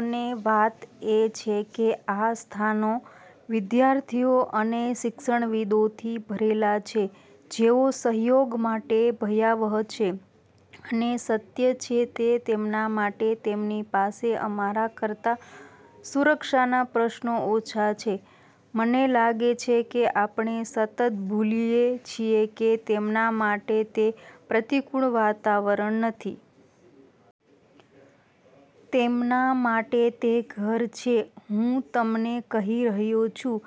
અને વાત એ છે કે આ સ્થાનો વિદ્યાર્થીઓ અને શિક્ષણવિદોથી ભરેલા છે જેઓ સહયોગ માટે ભયાવહ છે અને સત્ય છે તે તેમના માટે તેમની પાસે અમારા કરતા સુરક્ષાના પ્રશ્નો ઓછા છે. મને લાગે છે કે આપણે સતત ભૂલીએ છીએ કે તેમના માટે તે પ્રતિકૂળ વાતાવરણ નથી. તેમના માટે તે ઘર છે. હું તમને કહી રહ્યો છું,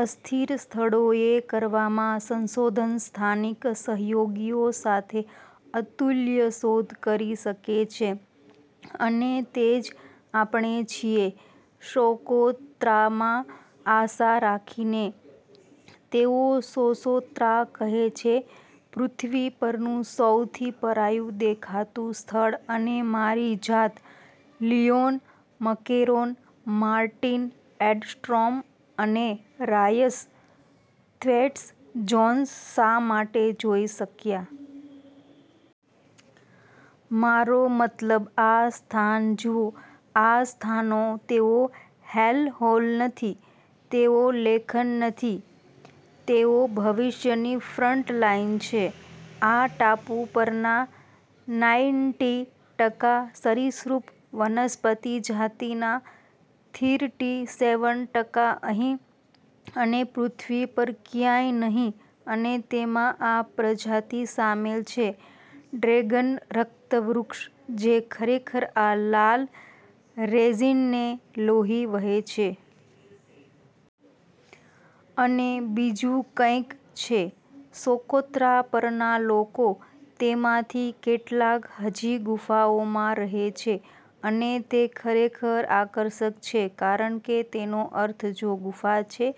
અસ્થિર સ્થળોએ કરવામાં સંશોધન સ્થાનિક સહયોગીઓ સાથે અતુલ્ય શોધ કરી શકે છે અને તે જ આપણે છીએ સોકોત્રામાં આશા રાખીને. તેઓ સોસોત્રા કહે છે પૃથ્વી પરનું સૌથી પરાયું દેખાતું સ્થળ અને મારી જાત લિયોન મકેરોન, માર્ટિન એડ્સ્ટ્રોમ અને રાયસ થ્વેટ્સ-જોન્સ શા માટે જોઈ શક્યા. મારો મતલબ આ સ્થાન જુઓ. આ સ્થાનો તેઓ હેલહોલ નથી, તેઓ લેખન નથી, તેઓ ભવિષ્યની ફ્રન્ટલાઈન છે. આ ટાપુ પરના નાઈન્ટી ટકા સરિસૃપ, વનસ્પતિ જાતિના થીરટી સેવન ટકા અહીં અને પૃથ્વી પર ક્યાંય નહીં અને તેમાં આ પ્રજાતિ શામેલ છે ડ્રેગન રક્ત વૃક્ષ જે ખરેખર આ લાલ રેઝિનને લોહી વહે છે. અને બીજું કંઈક છે. સોકોત્રા પરના લોકો તેમાંથી કેટલાક હજી ગુફાઓમાં રહે છે અને તે ખરેખર આકર્ષક છે કારણ કે તેનો અર્થ જો ગુફા છે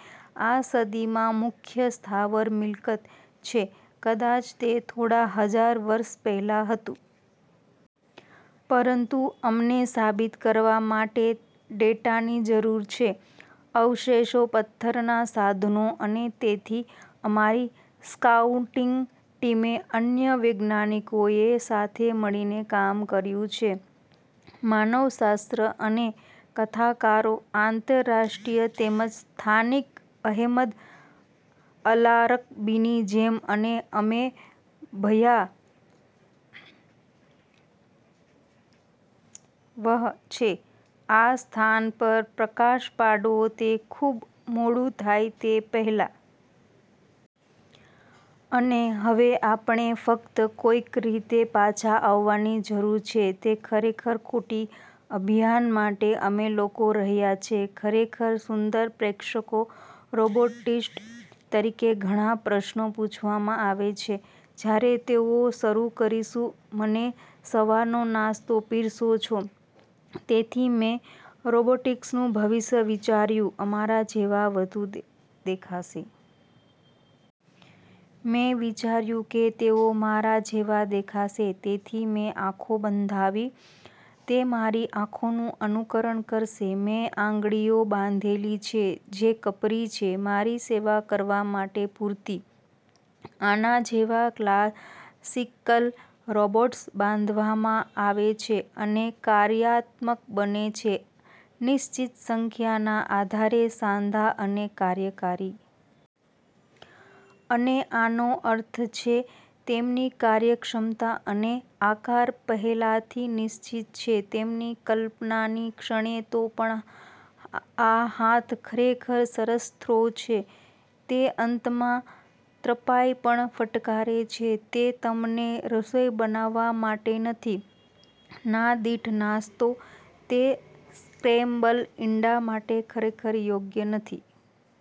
આ સદીમાં મુખ્ય સ્થાવર મિલકત છે. કદાચ તે થોડા હજાર વર્ષ પહેલાં હતું. પરંતુ અમને સાબિત કરવા માટે ડેટાની જરૂર છે, અવશેષો, પથ્થરનાં સાધનો, અને તેથી અમારી સ્કાઉટિંગ ટીમે અન્ય વૈજ્ઞાનિકોએ સાથે મળીને કામ કર્યું છે, માનવશાસ્ત્ર અને કથાકારો, આંતરરાષ્ટ્રીય તેમજ સ્થાનિક, અહેમદ અલારકબીની જેમ અને અમે ભયાવહ છે આ સ્થાન પર પ્રકાશ પાડવો તે ખૂબ મોડું થાય તે પહેલાં. અને હવે આપણે ફક્ત કોઈક રીતે પાછા આવવાની જરૂર છે તે ખરેખર મોટી અભિયાન માટે. તમે લોકો રહ્યા છે ખરેખર સુંદર પ્રેક્ષકો. રોબોટિસ્ટ તરીકે ઘણા પ્રશ્નો પૂછવામાં આવે છે. જ્યારે તેઓ શરૂ કરીશું મને સવારનો નાસ્તો પીરસો છો તેથી મેં રોબોટિક્સનું ભવિષ્ય વિચાર્યું અમારા જેવા વધુ દેખાશે. મેં વિચાર્યું કે તેઓ મારા જેવા દેખાશે તેથી મેં આંખો બંધાવી તે મારી આંખોનું અનુકરણ કરશે. મેં આંગળીઓ બાંધેલી છે જે કપરી છે મારી સેવા કરવા માટે પૂરતી. આના જેવા ક્લાસિકલ રોબોટ્સ બાંધવામાં આવે છે અને કાર્યાત્મક બને છે નિશ્ચિત સંખ્યાના આધારે સાંધા અને કાર્યકારી. અને આનો અર્થ છે તેમની કાર્યક્ષમતા અને આકાર પહેલાથી નિશ્ચિત છે તેમની કલ્પનાની ક્ષણે. તો પણ આ હાથ ખરેખર સરસ થ્રો છે તે અંતમાં ત્રપાઈ પણ ફટકારે છે. તે તમને રસોઇ બનાવવા માટે નથી, ના દીઠ નાસ્તો. તે સ્ક્રેમ્બલ ઇંડા માટે ખરેખર યોગ્ય નથી.